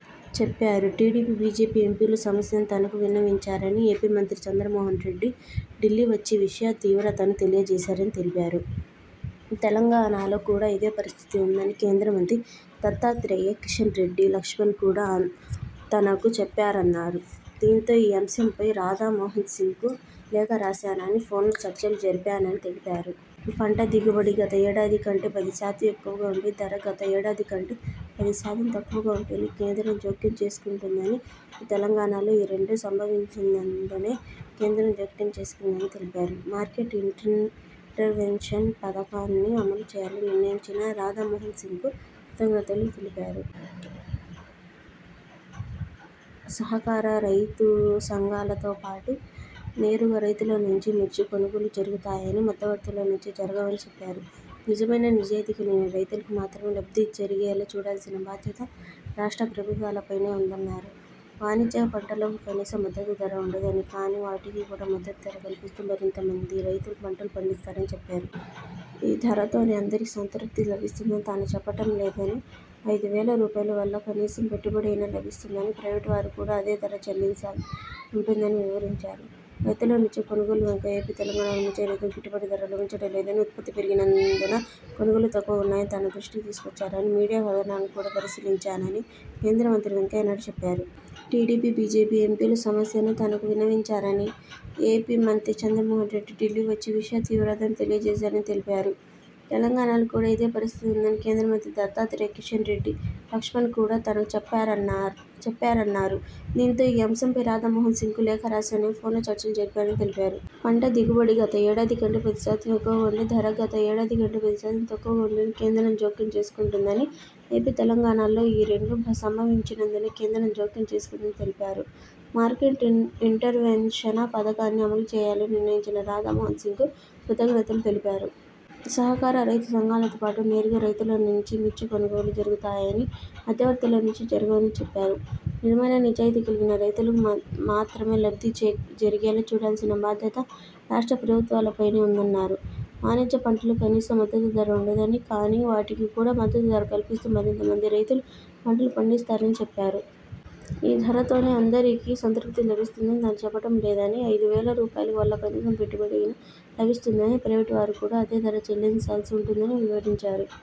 చెప్పారు. TDP, BJP ఎంపీలు సమస్యను తనకు విన్నవించారని, ఏపీ మంత్రి చంద్రమోహనరెడ్డి ఢిల్లీ వచ్చి విషయ తీవ్రతను తెలియజేశారని తెలిపారు. తెలంగాణలో కూడా ఇదే పరిస్థితి ఉందని కేంద్రమంత్రి దత్తాత్రేయ, కిషన రెడ్డి, లక్ష్మణ్ కూడా తనకు చెప్పారన్నారు. దీంతో ఈ అంశంపై రాధామోహనసింగ్కు లేఖ రాశానని, ఫోన్లో చర్చలు జరిపానని తెలిపారు. పంట దిగుబడి గత ఏడాది కంటే పదిశాతం ఎక్కువగా ఉండి, ధర గత ఏడాది కంటే పదిశాతం తక్కువగా ఉంటేనే కేంద్రం జోక్యం చేసుకుంటుందని, తెలంగాణల్లో ఈ రెండూ సంభవించినందునే కేంద్రం జోక్యం చేసుకుందని తెలిపారు. మార్కెట్ ఇంటర్వెన్షన పథకాన్ని అమలు చేయాలని నిర్ణయించిన రాధామోహనసింగ్కు కృతజ్ఞతలు తెలిపారు. సహకార, రైతుసంఘాలతోపాటు నేరుగా రైతుల నుంచి మిర్చి కొనుగోళ్లు జరుగుతాయని, మధ్యవర్తుల నుంచి జరగవని చెప్పారు. నిజమైన, నిజాయితీ కలిగిన రైతులకు మాత్రమే లబ్ధి జరిగేలా చూడాల్సిన బాధ్యత రాష్ట్ర ప్రభుత్వాలపైనే ఉందన్నారు. వాణిజ్య పంటలకు కనీస మద్దతు ధర ఉండదని, కానీ, వాటికి కూడా మద్దతు ధర కల్పిస్తే మరింత మంది రైతులు పంటలు పండిస్తారని చెప్పారు. ఈ ధరతోనే అందరికీ సంతృప్తి లభిస్తుందని తాను చెప్పటం లేదని, ఐదు వేల రూపాయలు వల్ల కనీసం పెట్టుబడి అయినా లభిస్తుందని, ప్రైవేటు వారు కూడా అదే ధర చెల్లించాల్సి ఉంటుందని వివరించారు. రైతుల నుంచే కొనుగోళ్లు వెంకయ్య ఏపీ, తెలంగాణల్లో మిర్చి రైతులకు గిట్టుబాటు ధర లభించటం లేదని, ఉత్పత్తి పెరిగినందున కొనుగోళ్లు తక్కువగా ఉన్నాయని తన దృష్టికి తీసుకొచ్చారని, మీడియా కథనాలను కూడా పరిశీలించానని కేంద్ర మంత్రి వెంకయ్యనాయుడు చెప్పారు. టీడీపీ, బీజేపీ ఎంపీలు సమస్యను తనకు విన్నవించారని, ఏపీ మంత్రి చంద్రమోహనరెడ్డి ఢిల్లీ వచ్చి విషయ తీవ్రతను తెలియజేశారని తెలిపారు. తెలంగాణలో కూడా ఇదే పరిస్థితి ఉందని కేంద్రమంత్రి దత్తాత్రేయ, కిషన రెడ్డి, లక్ష్మణ్ కూడా తనకు చెప్పారన్నరూ చెప్పారన్నారు. దీంతో ఈ అంశంపై రాధామోహనసింగ్కు లేఖ రాశానని, ఫోన్లో చర్చలు జరిపానని తెలిపారు. పంట దిగుబడి గత ఏడాది కంటే పదిశాతం ఎక్కువగా ఉండి, ధర గత ఏడాది కంటే పదిశాతం తక్కువగా ఉంటేనే కేంద్రం జోక్యం చేసుకుంటుందని, ఏపీ, తెలంగాణల్లో ఈ రెండూ సంభవించినందునే కేంద్రం జోక్యం చేసుకుందని తెలిపారు. మార్కెట్ ఇంటర్ ఇంటర్వెన్షన పథకాన్ని అమలు చేయాలని నిర్ణయించిన రాధామోహనసింగ్కు కృతజ్ఞతలు తెలిపారు. సహకార, రైతుసంఘాలతోపాటు నేరుగా రైతుల నుంచి మిర్చి కొనుగోళ్లు జరుగుతాయని, మధ్యవర్తుల నుంచి జరగవని చెప్పారు. నిజమైన, నిజాయితీ కలిగిన రైతులు మాత్ర మాత్రమే లబ్ధి జెర్ జరిగేలా చూడాల్సిన బాధ్యత రాష్ట్ర ప్రభుత్వాలపైనే ఉందన్నారు. వాణిజ్య పంటలకు కనీస మద్దతు ధర ఉండదని, కానీ, వాటికి కూడా మద్దతు ధర కల్పిస్తే మరింత మంది రైతులు పంటలు పండిస్తారని చెప్పారు. ఈ ధరతోనే అందరికీ సంతృప్తి లభిస్తుందని తాను చెప్పటం లేదని, ఐదు వేల రూపాయలు వల్ల కనీసం పెట్టుబడి అయినా లభిస్తుందని, ప్రైవేటు వారు కూడా అదే ధర చెల్లించాల్సి ఉంటుందని వివరించారు.